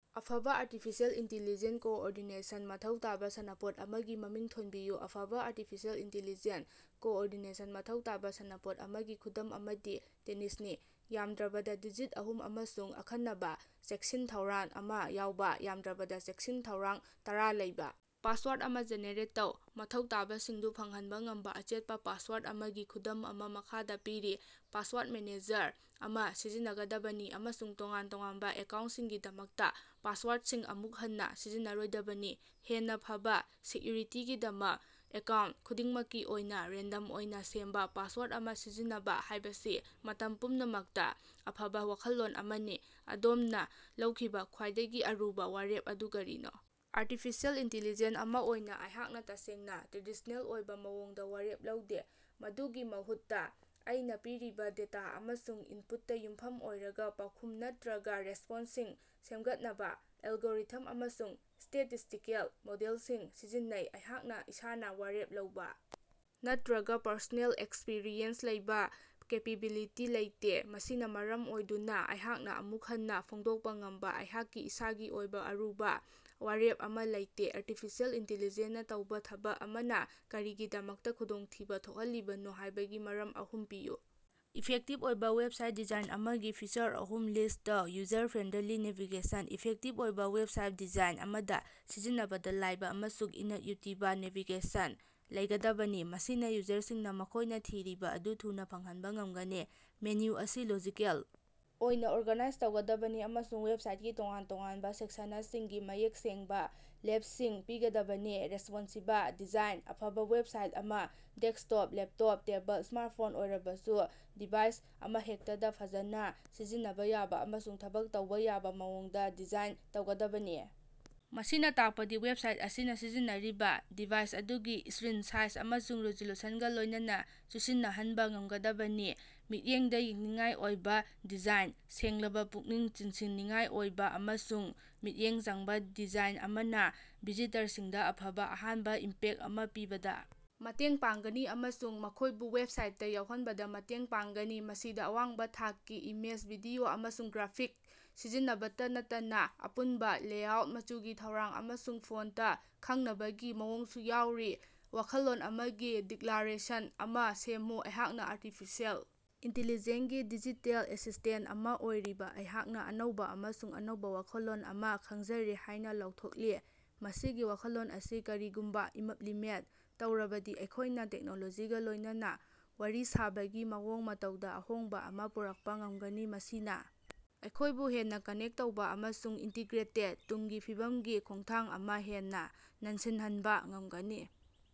ꯑꯐꯕ artificial intelligence coordination ꯃꯊꯧ ꯇꯥꯕ ꯁꯥꯟꯅꯄꯣꯠ ꯑꯃꯒꯤ ꯃꯃꯤꯡ ꯊꯣꯅꯕꯤꯌꯨ꯫ ꯑꯐꯕ ꯑ꯭ꯔꯇꯤꯐꯤꯁꯦꯜ ꯏꯟꯇꯦꯜꯂꯤꯖꯦꯟ ꯀꯣꯑꯣꯔꯗꯤꯅꯦꯁꯟ ꯃꯊꯧ ꯇꯥꯕ ꯁꯥꯟꯅꯄꯣꯠ ꯑꯃꯒꯤ ꯈꯨꯗꯝ ꯑꯃꯗꯤ ꯇꯦꯅꯤꯁꯅꯤ꯫ ꯌꯥꯝꯗ꯭ꯔꯕꯗ ꯗꯤꯖꯤꯠ ꯑꯍꯨꯝ ꯑꯃꯁꯨꯡ ꯑꯈꯟꯅꯕ ꯆꯦꯛꯁꯤꯟ-ꯊꯧꯔꯥꯡ ꯑꯃꯥ ꯌꯥꯎꯕ ,ꯌꯥꯝꯗ꯭ꯔꯕꯗ ꯆꯦꯛꯁꯤꯟ-ꯊꯧꯔꯥꯡ ꯇꯥꯔ ꯂꯩꯕ ꯄꯥꯁꯋꯥꯔꯗ ꯑꯃꯥ ꯖꯦꯅꯦꯔꯦꯠ ꯇꯧ꯫ ꯃꯊꯧ ꯇꯥꯕꯁꯤꯡꯗꯨ ꯐꯪꯍꯟꯕ ꯉꯝꯕ ꯑꯆꯦꯠꯄꯥ ꯄꯥꯁꯋꯥꯔꯗ ꯑꯃꯥꯒꯤ ꯈꯨꯗꯝ ꯑꯃꯥ ꯃꯈꯥꯗꯥ ꯄꯤꯔꯤ, ꯄꯥꯁꯋꯥꯔꯗ ꯃꯦꯅꯦꯖꯔ ꯑꯃꯥ ꯁꯤꯖꯤꯟꯅꯒꯗꯕꯅꯤ ꯑꯃꯁꯨꯡ ꯇꯣꯉꯥꯟ-ꯇꯣꯉꯥꯟꯕ ꯑꯦꯀꯥꯎꯟꯇꯁꯤꯡꯒꯤꯗꯃꯛꯇꯥ ꯄꯥꯁꯋꯥꯔꯗꯁꯤꯡ ꯑꯃꯨꯛ ꯍꯟꯅꯥ ꯁꯤꯖꯤꯟꯅꯔꯣꯏꯗꯕꯅꯤ꯫ ꯍꯦꯟꯅ ꯐꯕꯥ ꯁꯦꯛꯌꯨꯔꯤꯇꯤꯒꯤꯗꯃꯛ ꯑꯦꯀꯥꯎꯟꯇ ꯈꯨꯗꯤꯡꯃꯛꯀꯤ ꯑꯣꯏꯅꯥ ꯔꯦꯟꯗꯝ ꯑꯣꯏꯅ ꯁꯦꯝꯕ ꯄꯥꯁꯋꯥꯔꯗ ꯑꯃꯥ ꯁꯤꯖꯤꯟꯅꯕ ꯍꯥꯏꯕꯁꯤ ꯃꯇꯝ ꯄꯨꯝꯅꯃꯛꯇꯥ ꯑꯐꯕ ꯋꯥꯈꯜꯂꯣꯟ ꯑꯃꯅꯤ꯫ ꯑꯗꯣꯝꯅꯥ ꯂꯧꯈꯤꯕꯥ ꯈ꯭ꯋꯥꯏꯗꯒꯤ ꯑꯔꯨꯕꯥ ꯋꯥꯔꯦꯞ ꯑꯗꯨ ꯀꯔꯤꯅꯣ? ꯑ꯭ꯔꯇꯤꯐꯤꯁꯦꯜ ꯏꯟꯇꯦꯜꯂꯤꯖꯦꯟ ꯑꯃꯥ ꯑꯣꯏꯅ ꯑꯩꯍꯥꯛꯅ ꯇꯁꯦꯡꯅ ꯇ꯭ꯔꯦꯗꯤꯁ꯭ꯅꯦꯜ ꯑꯣꯏꯕ ꯃꯑꯣꯡꯗ ꯋꯥꯔꯦꯞ ꯂꯧꯗꯦ꯫ ꯃꯗꯨꯒꯤ ꯃꯍꯨꯠꯇꯥ, ꯑꯩꯅꯥ ꯄꯤꯔꯤꯕ ꯗꯦꯇꯥ ꯑꯃꯁꯨꯡ ꯏꯟꯄꯨꯠꯇꯥ ꯌꯨꯝꯐꯝ ꯑꯣꯏꯔꯒꯥ ꯄꯥꯎꯈꯨꯝ ꯅꯠꯇ꯭ꯔꯒ ꯔꯦꯁ꯭ꯄꯣꯟꯁꯁꯤꯡ ꯁꯦꯝꯒꯠꯅꯕ ꯑꯦꯂꯒꯣꯔꯤꯊꯝ ꯑꯃꯁꯨꯡ ꯁ꯭ꯇꯦꯇꯤꯁ꯭ꯇꯤꯀꯦꯜ ꯃꯣꯗꯦꯂꯁꯤꯡ ꯁꯤꯖꯤꯟꯅꯩ꯫ ꯑꯩꯍꯥꯛꯅ ꯏꯁꯥꯅꯥ ꯋꯥꯔꯦꯞ ꯂꯧꯕ ꯅꯠꯇ꯭ꯔꯒ ꯄꯔꯁꯣꯅꯦꯜ ꯑꯦꯛꯁꯄꯔꯤꯌꯦꯟꯁ ꯂꯩꯕ ꯀꯦꯄꯦꯕꯤꯂꯤꯇꯤ ꯂꯩꯇꯦ꯫ ꯃꯁꯤꯅ ꯃꯔꯝ ꯑꯣꯏꯗꯨꯅ ꯑꯩꯍꯥꯛꯅ ꯑꯃꯨꯛ ꯍꯟꯅꯥ ꯐꯣꯡꯗꯣꯛꯄꯥ ꯉꯝꯕ ꯑꯩꯍꯥꯛꯀꯤ ꯏꯁꯥꯒꯤ ꯑꯣꯏꯕ ꯑꯔꯨꯕ ꯋꯥꯔꯦꯞ ꯑꯃꯥ ꯂꯩꯇꯦ꯫ ꯑ꯭ꯔꯇꯤꯐꯤꯁꯦꯜ ꯏꯟꯇꯦꯜꯂꯤꯖꯦꯟꯅꯥ ꯇꯧꯕ ꯊꯕꯛ ꯑꯃꯅꯥ ꯀꯔꯤꯒꯤꯗꯃꯛꯇꯥ ꯈꯨꯗꯣꯡꯊꯤꯕ ꯊꯣꯛꯍꯜꯂꯤꯕꯅꯣ ꯍꯥꯏꯕꯒꯤ ꯃꯔꯝ ꯑꯍꯨꯝ ꯄꯤꯌꯨ꯫ ꯏꯐꯦꯛꯇꯤꯚ ꯑꯣꯏꯕ ꯋꯦꯕꯁꯥꯏꯠ ꯗꯤꯖꯥꯏꯟ ꯑꯃꯒꯤ ꯐꯤꯆꯔ ꯑꯍꯨꯝ ꯂꯤꯁ꯭ꯠ ꯇꯧ꯫ ꯌꯨꯖꯔ-ꯐ꯭ꯔꯦꯟꯗꯂꯤ ꯅꯦꯚꯤꯒꯦꯁꯟ: ꯏꯐꯦꯛꯇꯤꯕ ꯑꯣꯏꯕꯥ ꯋꯦꯕꯁꯥꯏꯠ ꯗꯤꯖꯥꯏꯟ ꯑꯃꯗꯥ ꯁꯤꯖꯤꯟꯅꯕꯗ ꯂꯥꯏꯕ ꯑꯃꯁꯨꯡ ꯏꯅꯠꯌꯨꯇꯤꯕ ꯅꯦꯚꯤꯒꯦꯁꯟ ꯂꯩꯒꯗꯕꯅꯤ, ꯃꯁꯤꯅꯥ ꯌꯨꯖꯔꯁꯤꯡꯅ ꯃꯈꯣꯏꯅ ꯊꯤꯔꯤꯕ ꯑꯗꯨ ꯊꯨꯅꯥ ꯐꯪꯍꯟꯕ ꯉꯝꯒꯅꯤ꯫ ꯃꯦꯅꯨ ꯑꯁꯤ ꯂꯣꯖꯤꯀꯦꯜ ꯑꯣꯏꯅ ꯑꯣꯔꯒꯥꯅꯥꯏꯖ ꯇꯧꯒꯗꯕꯅꯤ ꯑꯃꯁꯨꯡ ꯋꯦꯕꯁꯥꯏꯠꯀꯤ ꯇꯣꯉꯥꯟ-ꯇꯣꯉꯥꯟꯕ ꯁꯦꯛꯁꯅꯁꯤꯡꯒꯤ ꯃꯌꯦꯛ ꯁꯦꯡꯕꯥ ꯂꯦꯕꯦꯂꯁꯤꯡ ꯄꯤꯒꯗꯕꯅꯤ꯫ ꯔꯦꯁ꯭ꯄꯣꯟꯁꯤꯕ ꯗꯤꯖꯥꯏꯟ ꯑꯐꯕꯥ ꯋꯦꯕꯁꯥꯏꯠ ꯑꯃꯥ ꯗꯦꯁ꯭ꯀꯇꯣꯞ, ꯂꯦꯞꯇꯣꯞ, ꯇꯦꯕꯜ, ꯁ꯭ꯃꯥꯔꯇꯐꯣꯟ ꯑꯣꯏꯔꯕꯁꯨ ꯗꯤꯚꯥꯏꯁ ꯑꯃꯍꯦꯛꯇꯗꯥ ꯐꯖꯅ ꯁꯤꯖꯤꯟꯅꯕ ꯌꯥꯕ ꯑꯃꯁꯨꯡ ꯊꯕꯛ ꯇꯧꯕ ꯌꯥꯕ ꯃꯑꯣꯡꯗꯥ ꯗꯤꯖꯥꯏꯟ ꯇꯧꯒꯗꯕꯅꯤ꯫ ꯃꯁꯤꯅꯥ ꯇꯥꯛꯄꯗꯤ ꯋꯦꯕꯁꯥꯏꯠ ꯑꯁꯤꯅ ꯁꯤꯖꯤꯟꯅꯔꯤꯕ ꯗꯤꯚꯥꯏꯁ ꯑꯗꯨꯒꯤ ꯁ꯭ꯛꯔꯤꯟ ꯁꯥꯏꯖ ꯑꯃꯁꯨꯡ ꯔꯤꯖꯣꯂꯨꯁꯅꯒꯥ ꯂꯣꯏꯅꯅꯥ ꯆꯨꯁꯤꯟꯅꯍꯅꯕꯥ ꯉꯝꯒꯗꯕꯅꯤ꯫ ꯃꯤꯠꯌꯦꯡꯗꯥ ꯌꯦꯡꯅꯤꯡꯉꯥꯏ ꯑꯣꯏꯕꯥ ꯗꯤꯖꯥꯏꯟ: ꯁꯦꯡꯂꯕꯥ, ꯄꯨꯛꯅꯤꯡ ꯆꯤꯡꯁꯤꯟꯅꯤꯡꯉꯥꯏ ꯑꯣꯏꯕꯥ ꯑꯃꯁꯨꯡ ꯃꯤꯠꯌꯦꯡ ꯆꯪꯕꯥ ꯗꯤꯖꯥꯏꯟ ꯑꯃꯅꯥ ꯚꯤꯖꯤꯇꯔꯁꯤꯡꯗꯥ ꯑꯐꯕ ꯑꯍꯥꯟꯕ ꯏꯝꯄꯦꯛꯇ ꯑꯃꯥ ꯄꯤꯕꯗꯥ ꯃꯇꯦꯡ ꯄꯥꯡꯒꯅꯤ ꯑꯃꯁꯨꯡ ꯃꯈꯣꯏꯕꯨ ꯋꯦꯕꯁꯥꯏꯠꯇꯥ ꯌꯥꯎꯍꯟꯕꯗ ꯃꯇꯦꯡ ꯄꯥꯡꯒꯅꯤ꯫ ꯃꯁꯤꯗꯥ ꯑꯋꯥꯡꯕ ꯊꯥꯛꯀꯤ ꯏꯃꯦꯖ, ꯚꯤꯗꯤꯑꯣ, ꯑꯃꯁꯨꯡ ꯒ꯭ꯔꯥꯐꯤꯛꯁ ꯁꯤꯖꯤꯟꯅꯕꯇꯥ ꯅꯠꯇꯅꯥ ꯑꯄꯨꯟꯕ ꯂꯦꯑꯥꯎꯠ, ꯃꯆꯨꯒꯤ ꯊꯧꯔꯥꯡ, ꯑꯃꯁꯨꯡ ꯐꯣꯟꯇ ꯈꯪꯅꯕꯒꯤ ꯃꯑꯣꯡꯁꯨ ꯌꯥꯎꯔꯤ꯫ ꯋꯥꯈꯜꯂꯣꯟ ꯑꯃꯥꯒꯤ ꯗꯤꯛꯂꯥꯔꯦꯁꯟ ꯑꯃꯥ ꯁꯦꯝꯃꯨ꯫ ꯑꯩꯍꯥꯛꯅꯥ ꯑ꯭ꯔꯇꯤꯐꯤꯁꯦꯜ ꯏꯟꯇꯦꯜꯂꯤꯖꯦꯟ ꯒꯤ ꯗꯤꯖꯤꯇꯦꯜ ꯑꯦꯁꯤꯁ꯭ꯇꯦꯟꯇ ꯑꯃꯥ ꯑꯣꯏꯔꯤꯕ ꯑꯩꯍꯥꯛꯅ ꯑꯅꯧꯕ ꯑꯃꯁꯨꯡ ꯑꯅꯧꯕ ꯋꯥꯈꯜꯂꯣꯟ ꯑꯃꯥ ꯈꯪꯖꯔꯦ ꯍꯥꯏꯅꯥ ꯂꯥꯎꯊꯣꯛꯂꯤ꯫ ꯃꯁꯤꯒꯤ ꯋꯥꯈꯜꯂꯣꯟ ꯑꯁꯤ ꯀꯔꯤꯒꯨꯝꯕ ꯏꯃꯞꯂꯤꯃꯦꯟꯇ ꯇꯧꯔꯕꯗꯤ ꯑꯩꯈꯣꯏꯅꯥ ꯇꯦꯛꯅꯣꯂꯣꯖꯤꯒꯥ ꯂꯣꯏꯅꯅꯥ ꯋꯥꯔꯤ ꯁꯥꯅꯕꯒꯤ ꯃꯑꯣꯡ ꯃꯇꯧꯗꯥ ꯑꯍꯣꯡꯕꯥ ꯑꯃꯥ ꯄꯨꯔꯛꯄꯥ ꯉꯝꯒꯅꯤ꯫ ꯃꯁꯤꯅꯥ ꯑꯩꯈꯣꯏꯕꯨ ꯍꯦꯟꯅꯥ ꯀꯅꯦꯛ ꯇꯧꯕ ꯑꯃꯁꯨꯡ ꯏꯟꯇꯤꯒ꯭ꯔꯦꯇꯦꯗ ꯇꯨꯡꯒꯤ ꯐꯤꯕꯝꯒꯤ ꯈꯣꯡꯊꯥꯡ ꯑꯃꯥ ꯍꯦꯟꯅꯥ ꯅꯟꯁꯤꯟꯍꯟꯕꯥ ꯉꯝꯒꯅꯤ꯫